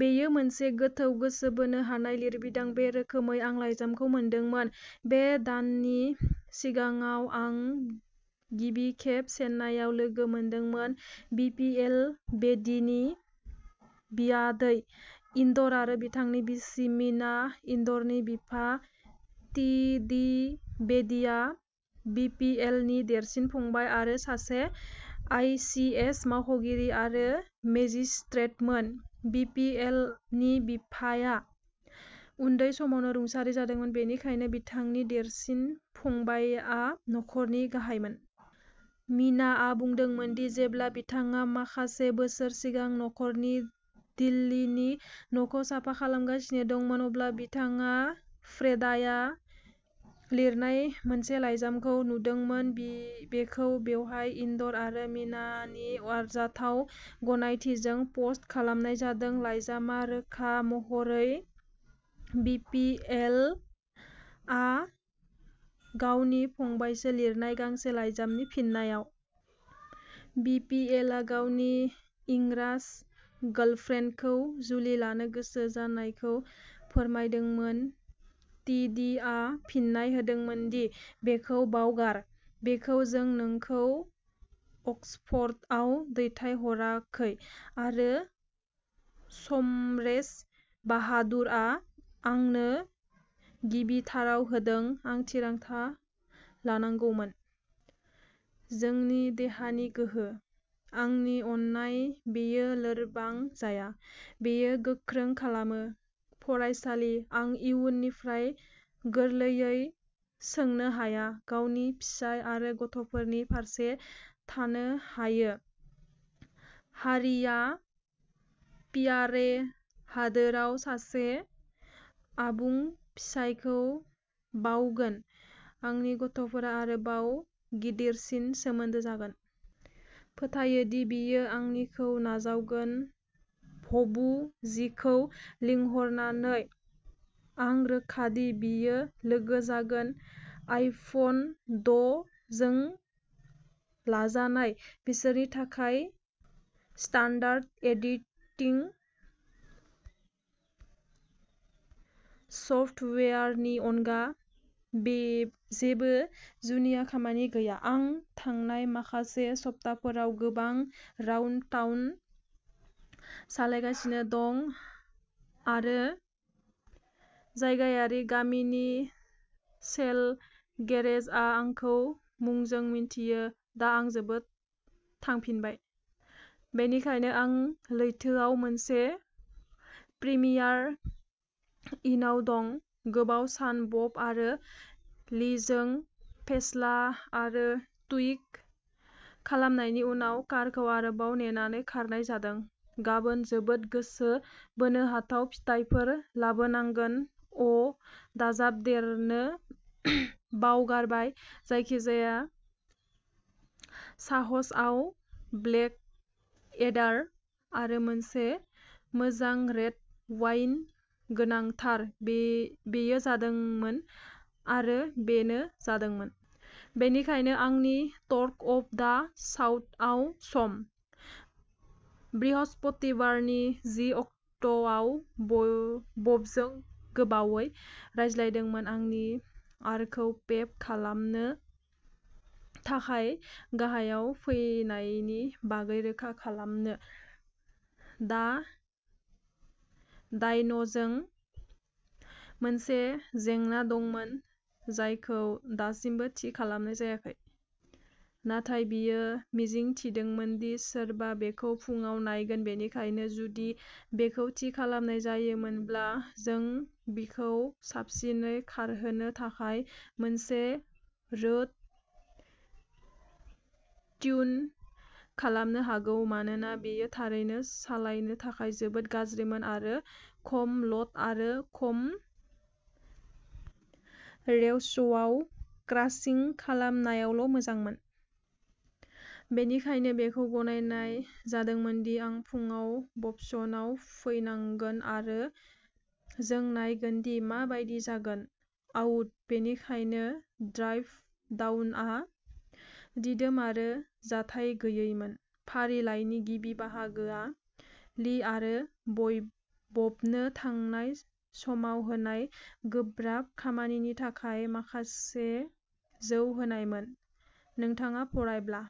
बेयो मोनसे गोथौ गोसो बोनो हानाय लिरबिदां बे रोखोमै आं लाइजामखौ मोनदोंमोन। बे दाननि सिगाङाव आं गिबि खेब चेन्नाईआव लोगो मोनदोंमोन। बि पि एल बेदीनि बियादै, इन्दर आरो बिथांनि बिसि मिना। इन्दरनि बिफा, टि डि बेदीआ बि पि एल नि देरसिन फंबाय आरो सासे आइ सि एस मावख'गिरि आरो मेजिस्ट्रेटमोन बि पि एल नि बिफाया उन्दै समावनो रुंसारि जादोंमोन, बेनिखायनो बिथांनि देरसिन फंबायआ नखरनि गाहायमोन। मिनाआ बुंदोंमोन दि जेब्ला बिथाङा माखासे बोसोर सिगां नखरनि दिल्लीनि न'खौ साफा खालामगासिनो दंमोन, अब्ला बिथाङा फ्रेदाया लिरनाय मोनसे लाइजामखौ नुदोंमोन। बेखौ बेवहाय इन्दर आरो मीनानि अनजाथाव गनायथिजों पस्ट खालामनाय जादों। लाइजामआ रोखा महरै बि पि एल आ गावनि फंबायनो लिरनाय गांसे लाइजामनि फिननायाव। बि पि एल आ गावनि इंराज गार्लफ्रेन्डखौ जुलि लानो गोसो जानायखौ फोरमायदोंमोन टि डि आ फिननाय होदोंमोन दि बेखौ बावगार, बेखौ जों नोंखौ अक्सफर्डआव दैथायहराखै आरो शमशेर बाहादुर आ आंनो गिबिथाराव होदों। आं थिरांथा लानांगौमोन। जोंनि देहानि गोहो। आंनि अननाय बेयो लोरबां जाया, बेयो गोख्रों खालामो। फरायसालि। आं इयुननिफ्राय गोरलैयै सोंनो हाया। गावनि फिसाय आरो गथ'फोरनि फारसे थानो हायो। हारिआ पियारे हादोराव सासे आबुं फिसायखौ बावगोन। आंनि गथ'फोरा आरोबाव गिदिरसिन सोमोन्दो जागोन। फोथायो दि बियो आंनिखौ नाजावगोन। भबु जीखौ लिंहरनानै। आं रोखा दि बियो लोगो जागोन। आइफन द' जों लाजानाय, बिसोरनि थाखाय स्टान्डार्ड एडिटिं सफ्टवेयारनि अनगा जेबो जुनिया खामानि गैया। आं थांनाय माखासे सप्ताफोराव गोबां राउन्ड टाउन सालायगासिनो दं आरो जायगायारि गामिनि सेल गेरेजआ आंखौ मुंजों मिन्थियो, दा आं जोबोद थांफिनबाय। बेनिखायनो आं लैथोआव मोनसे प्रिमियार इनआव दं, गोबाव सान बब आरो लीजों फेस्ला आरो टुइक खालामनायनि उनाव, कारखौ आरोबाव नेनानै खानाय जादों। गाबोन जोबोद गोसो बोनो हाथाव फिथायफोर लाबोनांगोन अ' दाजाबदेरनो बावगारबाय जायखिजाया साहसआव ब्लेकएडार आरो मोनसे मोजां रेड वाइन गोनांथार बेयो जादोंमोन आरो बेनो जादोंमोन। बेनिखायनो आंनि टर्क अफ दा साउथआव सम। बृहस्पतिबारनि जि अक्ट'आव बबजों गोबावै रायज्लायदोंमोन आंनि आरखौ मेप खालामनो थाखाय गाहायाव फैनायनि बागै रोखा खालामनो। दा डायन'जों मोनसे जेंना दंमोन जायखौ दासिमबो थि खालामनाय जायाखैमोन नाथाय बियो मिजिं थिदोंमोन दि सोरबा बेखौ फुंआव नायगोन, बेनिखायनो जुदि बेखौ थि खालामनाय जायामोनब्ला जों बिखौ साबसिनै खारहोनो थाखाय मोनसे रोड ट्यून खालामनो हागौ मानोना बेयो थारैनो सालायनो थाखाय जोबोद गाज्रिमोन आरो खम ल'ड आरो खम रेव्सआव क्रासिं खालामनायावल' मोजांमोन। बेनिखायनो बेखौ गनायनाय जादोंमोन दि आं फुंआव बब्सनाव फैनांगोन आरो जों नायगोन दि मा बायदि जागोन। आउट। बेनिखायनो ड्राइभ डाउनआ दिदोम आरो जाथाय गैयैमोन। फारिलाइनि गिबि बाहागोआ लि आरो बबनो थांनाय समाव होनाय गोब्राब खामानिनि थाखाय माखासे जौ होनायमोन। नोंथाङा फरायब्ला